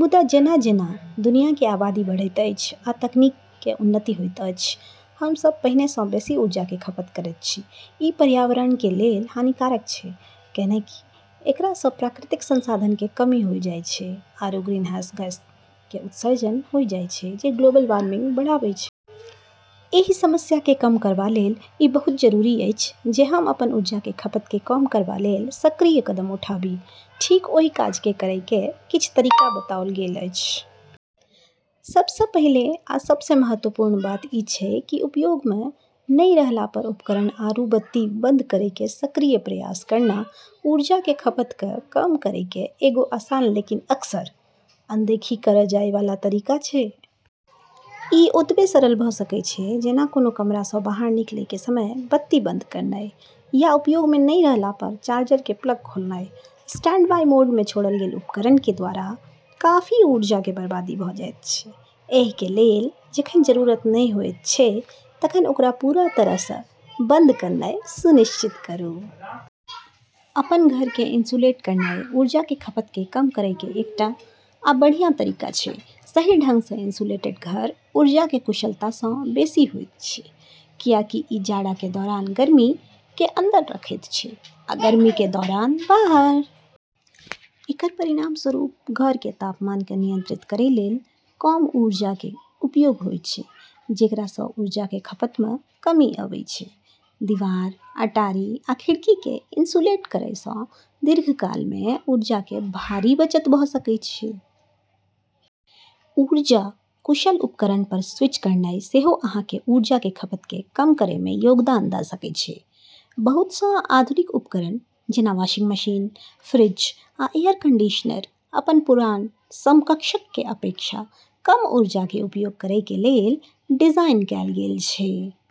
मुदा, जेना-जेना दुनिया के आबादी बढ़ैत अछि आ तकनीक के उन्नति होइत अछि, हम सब पहिने सँ बेसी ऊर्जा के खपत करैत छी। ई पर्यावरण के लेल हानिकारक छै, कैन्हेंकि एकरा स॑ प्राकृतिक संसाधन के कमी होय जाय छै, आरू ग्रीनहाउस गैस के उत्सर्जन होय जाय छै जे ग्लोबल वार्मिंग बढ़ाबै छै। एहि समस्या के कम करबा लेल ई बहुत जरूरी अछि जे हम अपन ऊर्जा के खपत के कम करबा लेल सक्रिय कदम उठाबी। ठीक ओहि काज के करय के किछ तरीका बताओल गेल अछि। सबसें पहिले आ सबसें महत्वपूर्ण बात ई छै कि उपयोग म॑ नै रहला पर उपकरण आरू बत्ती बंद करै के सक्रिय प्रयास करना ऊर्जा के खपत क॑ कम करै के एगो आसान लेकिन अक्सर अनदेखी करलऽ जाय वाला तरीका छै। ई ओतबे सरल भऽ सकएय छै जेना कोनों कमरा सँ बाहर निकलएय के समय बत्ती बंद करनाय, या उपयोग मे नहि रहला पर चार्जर के प्लग खोलनाय। स्टैंडबाई मोड मे छोड़ल गेल उपकरण के द्वारा काफी ऊर्जा के बर्बादी भऽ जाइत छै, एहि के लेल जखन जरूरत नहि होयत छै तखन ओकरा पूरा तरह सँ बंद करनाय सुनिश्चित करू। अपन घर के इन्सुलेट करनाय ऊर्जा के खपत के कम करय के एकटा आ बढ़िया तरीका छै। सही ढंग सँ इन्सुलेटेड घर ऊर्जा के कुशलता सँ बेसि होइत छै, कियाकि ई जाड़ा के दौरान गर्मी के अंदर रखैत छै, आ गर्मी के दौरान बाहर। एकरऽ परिणामस्वरूप घर के तापमान क॑ नियंत्रित करै लेल कम ऊर्जा के उपयोग होय छै, जेकरा स॑ ऊर्जा के खपत म॑ कमी आबै छै। दीवार, अटारी आ खिड़की के इन्सुलेट करय सँ दीर्घकाल मे ऊर्जा के भारी बचत भऽ सकय छै। ऊर्जा कुशल उपकरण पर स्विच करनाय सेहो अहाँ के ऊर्जा के खपत के कम करय मे योगदान दऽ सकय छै। बहुत सं आधुनिक उपकरण, जेना वाशिंग मशीन, फ्रिज, आ एयर कंडीशनर, अपन पुरान समकक्षक के अपेक्षा कम ऊर्जा के उपयोग करय के लेल डिजाइन कैल गेल छै।